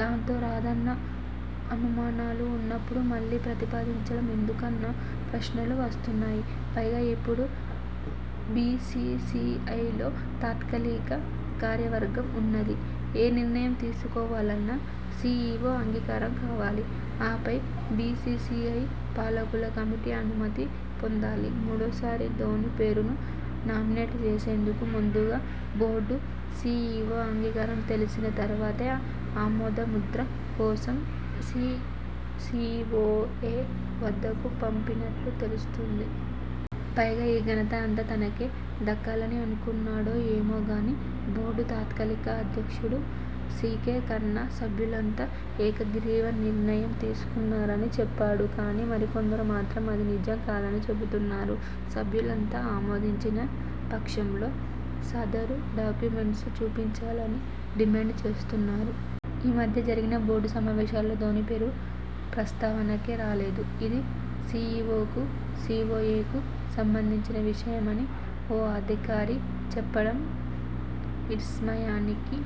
దాంతో, రాదన్న అనుమానాలు ఉన్నపుడు మళ్లీ ప్రతిపాదించడం ఎందుకన్న ప్రశ్నలు వస్తున్నాయి. పైగా, ఇప్పుడు బీసీసీఐలో తాత్కాలిక కార్యవర్గం ఉన్నది. ఏ నిర్ణయం తీసుకోవాలన్నా సీఈవో అంగీకారం కావాలి ఆపై బీసీసీఐ పాలకుల కమిటీ అనుమతి పొందాలి. మూడోసారి ధోనీ పేరును నామినేట్ చేసేందుకు ముందుగా బోర్డు సీఈవో అంగీకారం తెలిపిన తర్వాతే ఆమోద ముద్ర కోసం సీవోఏ వద్దకు పంపినట్టు తెలుస్తోంది. పైగా, ఈ ఘనత అంతా తనకే దక్కాలని అనుకున్నాడో ఏమో గానీ బోర్డు తాత్కాలిక అధ్యక్షుడు సీకే ఖన్నా సభ్యులంతా ఏకగ్రీవ నిర్ణయం తీసుకున్నారని చెప్పాడు. కానీ, మరికొందరు మాత్రం అది నిజం కాదని చెబుతున్నారు. సభ్యులంతా ఆమోదించిన పక్షంలో సదరు డాక్యుమెంట్ను చూపించాలని డిమాండ్ చేస్తున్నారు. 'ఈ మధ్య జరిగిన బోర్డు సమావేశాల్లో ధోనీ పేరు ప్రస్తావనకే రాలేదు. ఇది సీఈవోకు సీవోఏకు సంబంధించిన విషయమ'ని ఓ అధికారి చెప్పడం విస్మయానికి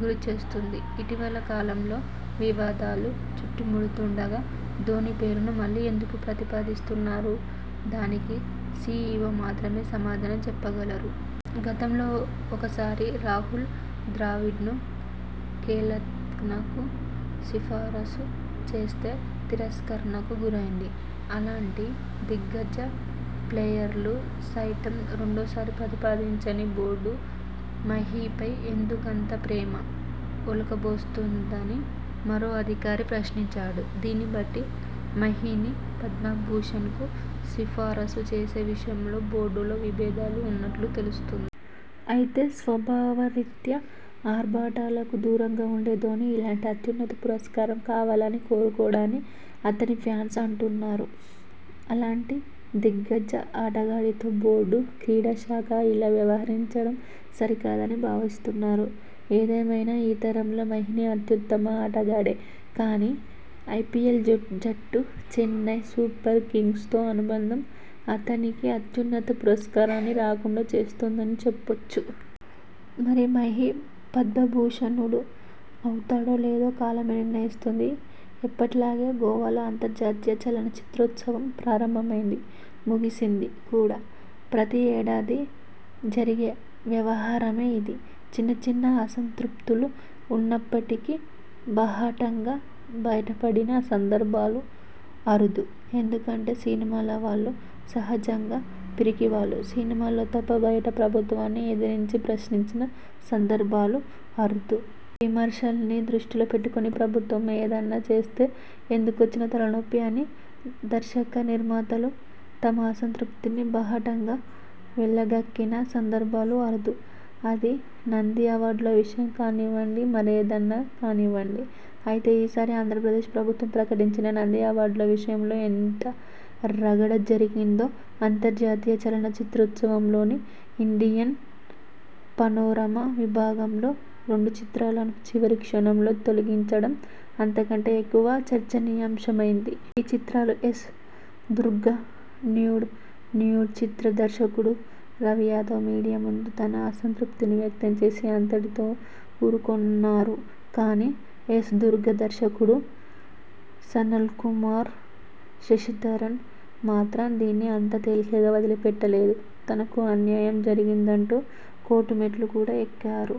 గురిచేస్తోంది. 'ఇటీవల కాలంలో వివాదాలు చుట్టుముడుతుండగా ధోనీ పేరును మళ్లీ ఎందుకు ప్రతిపాదిస్తున్నారు? దానికి సీఈవో మాత్రమే సమాధానం చెప్పగలరు. గతంలో ఒకసారి రాహుల్ ద్రావిడ్ను ఖేల్రత్నకు సిఫారసు చేస్తే తిరస్కరణకు గురైంది. అలాంటి దిగ్గజ ప్లేయర్ను సైతం రెండోసారి ప్రతిపాదించని బోర్డు మహీపై ఎందుకంత ప్రేమ ఒలకబోస్తోంద'ని మరో అధికారి ప్రశ్నించారు. దీన్ని బట్టి మహీని పద్మభూషణ్కు సిఫారసు చేసే విషయంలో బోర్డులో విభేదాలు ఉన్నట్టు తెలుస్తోంది. అయితే, స్వభావరీత్యా ఆర్భాటాలకు దూరంగా ఉండే ధోనీ ఇలాంటి అత్యున్నత పురస్కారం కావాలని కోరుకోడని అతని ఫ్యాన్స్ అంటున్నారు. అలాంటి దిగ్గజ ఆటగాడితో బోర్డు, క్రీడాశాఖ ఇలా వ్యవహరించడం సరికాదని భావిస్తున్నారు. ఏదేమైనా ఈతరంలో మహీని అత్యుత్తమ ఆటగాడే.! కానీ, ఐపీఎల్ జట్టు చెన్నై సూపర్ కింగ్స్తో అనుబంధం అతనికి అత్యున్నత పురస్కారాన్ని రాకుండా చేస్తోందని చెప్పొచ్చు. మరి, మహీ పద్మభూషణుడు అవుతాడో లేదో కాలమే నిర్ణయిస్తుంది.! ఎప్పటిలాగే గోవాలో అంతర్జాతీయ చలనచిత్రోత్సవం ప్రారంభమైంది. ముగిసింది కూడా. ప్రతి ఏడాదీ జరిగే వ్యవహారమే ఇది. చిన్న చిన్న అసంతృప్తులు ఉన్నప్పటికీ బాహాటంగా బయటపడిన సందర్భాలు అరుదు. ఎందుకంటే సినిమావాళ్లు సహజంగా పిరికివాళ్లు. సినిమాల్లో తప్ప బయట ప్రభుత్వాన్ని ఎదిరించి ప్రశ్నించిన సందర్భాలు అరుదు. ఈ విమర్శల్ని దృష్టిలో పెట్టుకొని ప్రభుత్వం ఏదన్నా చేస్తే ఎందుకొచ్చిన తలనొప్పి అని దర్శకనిర్మాతలు తమ అసంతృప్తిని బాహాటంగా వెళ్లగక్కిన సందర్భాలు అరుదు. అది నంది అవార్డుల విషయం కానివ్వండి, మరేదన్నా కానివ్వండి. అయితే ఈసారి ఆంధ్రప్రదేశ్ ప్రభుత్వం ప్రకటించిన నంది అవార్డుల విషయంలో ఎంత రగడ జరిగిందో, అంతర్జాతీయ చలనచిత్రోత్సవంలోని ఇండియన్ పనోరమా విభాగంలో రెండు చిత్రాలను చివరి క్షణంలో తొలగించడం అంతకంటే ఎక్కువ చర్చనీయాంశమైంది. ఆ చిత్రాలు 'ఎస్. దుర్గ', 'న్యూడ్'. 'న్యూడ్' చిత్ర దర్శకుడు రవి యాదవ్ మీడియా ముందు తన అసంతృప్తిని వ్యక్తం చేసి అంతటితో ఊరుకొన్నారు కానీ 'ఎస్. దుర్గ' దర్శకుడు సనల్కుమార్ శశిధరన్ మాత్రం దీన్ని అంత తేలికగా వదిలిపెట్టలేదు. తనకు అన్యాయం జరిగిందంటూ కోర్టు మెట్లు కూడా ఎక్కారు.